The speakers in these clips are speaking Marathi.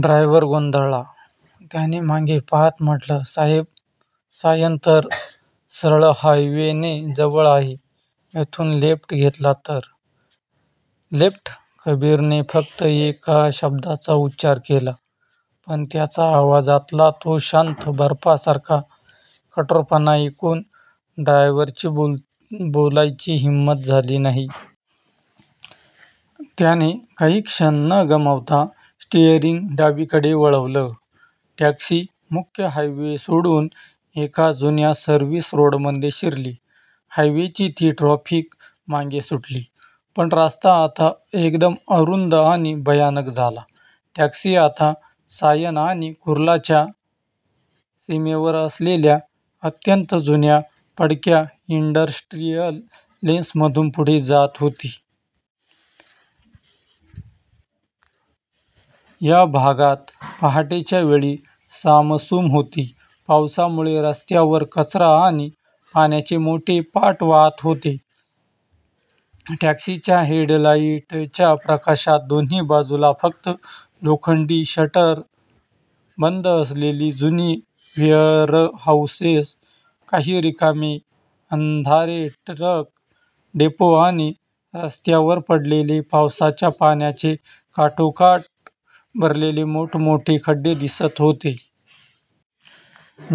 ड्रायव्हर गोंधळला, त्याने मागे पाहत म्हटलं, साहेब, सायन तर सरळ हायवेने जवळ आहे, इथून लेफ्ट घेतला तर. "लेफ्ट" कबीरने फक्त एका शब्दाचा उच्चार केला. पण त्याच्या आवाजातला तो शांत, बर्फासारखा कठोरपणा ऐकून ड्रायव्हरची बोलायची हिंमत झाली नाही. त्याने काही क्षण न गमावता स्टीअरिंग डावीकडे वळवलं. टॅक्सी मुख्य हायवे सोडून एका जुन्या सर्व्हिस रोडमध्ये शिरली. हायवेची ती ट्रॅफिक मागे सुटली, पण रस्ता आता एकदम अरुंद आणि भयानक झाला. टॅक्सी आता सायन आणि कुर्लाच्या सीमेवर असलेल्या अत्यंत जुन्या, पडक्या इंडस्ट्रियल लेन्स मधून पुढे जात होती. या भागात पहाटेच्या वेळी सामसूम होती. पावसामुळे रस्त्यांवर कचरा आणि पाण्याचे मोठे पाट वाहत होते. टॅक्सीच्या हेडलाईटच्या प्रकाशात दोन्ही बाजूला फक्त लोखंडी शटर बंद असलेली जुनी वेअरहाउसेस, काही रिकामे, अंधारे ट्रक डेपो आणि रस्त्यावर पडलेले पावसाच्या पाण्याने काठोकाठ भरलेले मोठ-मोठे खड्डे दिसत होते.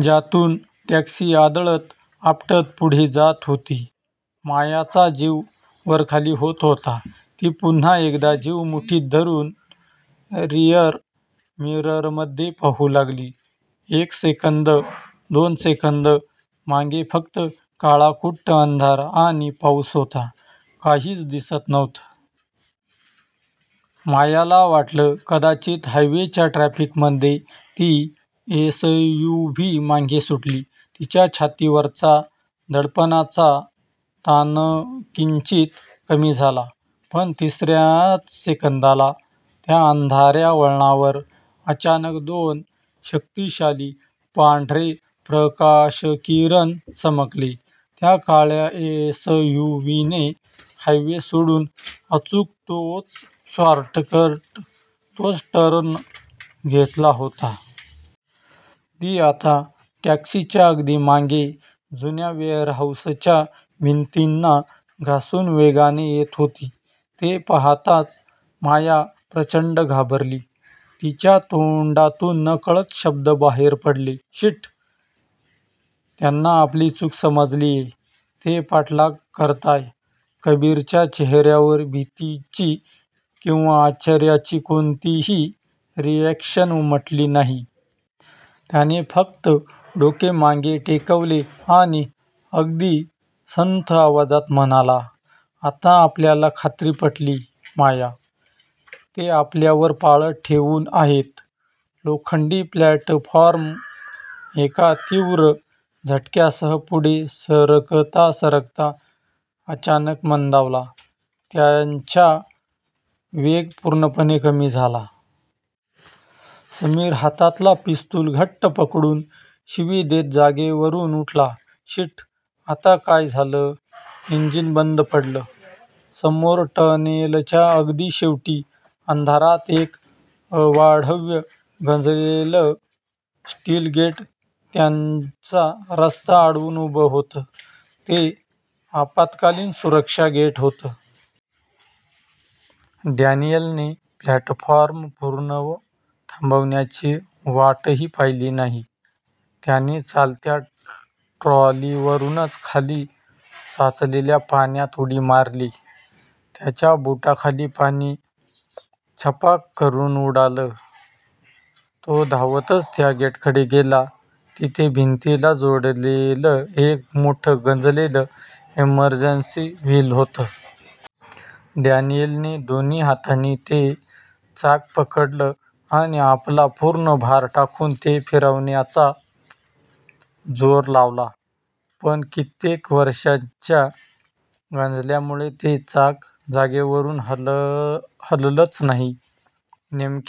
ज्यातून टॅक्सी आदळत-आपटत पुढे जात होती. मायाचा जीव वरखाली होत होता. ती पुन्हा एकदा जीव मुठीत धरून रिअर मिररमध्ये पाहू लागली. एक सेकंद, दोन सेकंद, मागे फक्त काळाकुट्ट अंधार आणि पाऊस होता. काहीच दिसत नव्हतं. मायाला वाटलं कदाचित हायवेच्या ट्रॅफिकमध्ये ती एसयूव्ही मागे सुटली. तिच्या छातीवरचा दडपणाचा ताणकिंचित कमी झाला, पण, तिसऱ्याच सेकंदाला, त्या अंधाऱ्या वळणावर अचानक दोन शक्तिशाली पांढरे प्रकाशकिरण चमकले. त्या काळ्या एसयूव्हीने हायवे सोडून अचूक तोच शॉर्टकट, तोच टर्न घेतला होता. ती आता टॅक्सीच्या अगदी मागे, जुन्या वेअरहाउसच्या भिंतींना घासून वेगाने येत होती. ते पाहताच माया प्रचंड घाबरली. तिच्या तोंडातून नकळत शब्द बाहेर पडले, "शिट, त्यांना आपली चूक समजलीये. ते पाठलाग करतायत".कबीरच्या चेहऱ्यावर भीतीची किंवा आश्चर्याची कोणतीही रिअॅक्शन उमटली नाही. त्याने फक्त डोके मागे टेकवले आणि अगदी संथ आवाजात म्हणाला, "आता आपल्याला खात्री पटली, माया. ते आपल्यावर पाळत ठेवून आहेत. लोखंडी प्लॅटफॉर्म एका तीव्र झटक्यासह पुढे सरकता सरकता अचानक मंदावला. त्याच्या वेग पूर्णपणे कमी झाला. समीर हातातलं पिस्तूल घट्ट पकडून शिवी देत जागेवरून उठला, "शिट! आता काय झालं? इंजिन बंद पडलं"? समोर टनेलच्या अगदी शेवटी, अंधारात एक अवाढव्य, गंजलेलं स्टील गेट त्यांचा रस्ता अडवून उभं होतं. ते आपत्कालीन सुरक्षा गेट होतं. डॅनियलने प्लॅटफॉर्म पूर्ण थांबवण्याची वाटही पाहिली नाही; त्याने चालत्या ट्रॉलीवरूनच खाली साचलेल्या पाण्यात उडी मारली. त्याच्या बुटांखाली पाणी छपाक करून उडालं. तो धावतच त्या गेटकडे गेला. तिथे भिंतीला जोडलेलं एक मोठं, गंजलेलं इमर्जन्सी व्हील होतं. डॅनियलने दोन्ही हातांनी ते चाक पकडलं आणि आपला पूर्ण भार टाकून ते फिरवण्याचा जोर लावला. पण कित्येक वर्षांच्या गंजल्यामुळे ते चाक जागेवरून हल हललंच नाही. नेमक्या--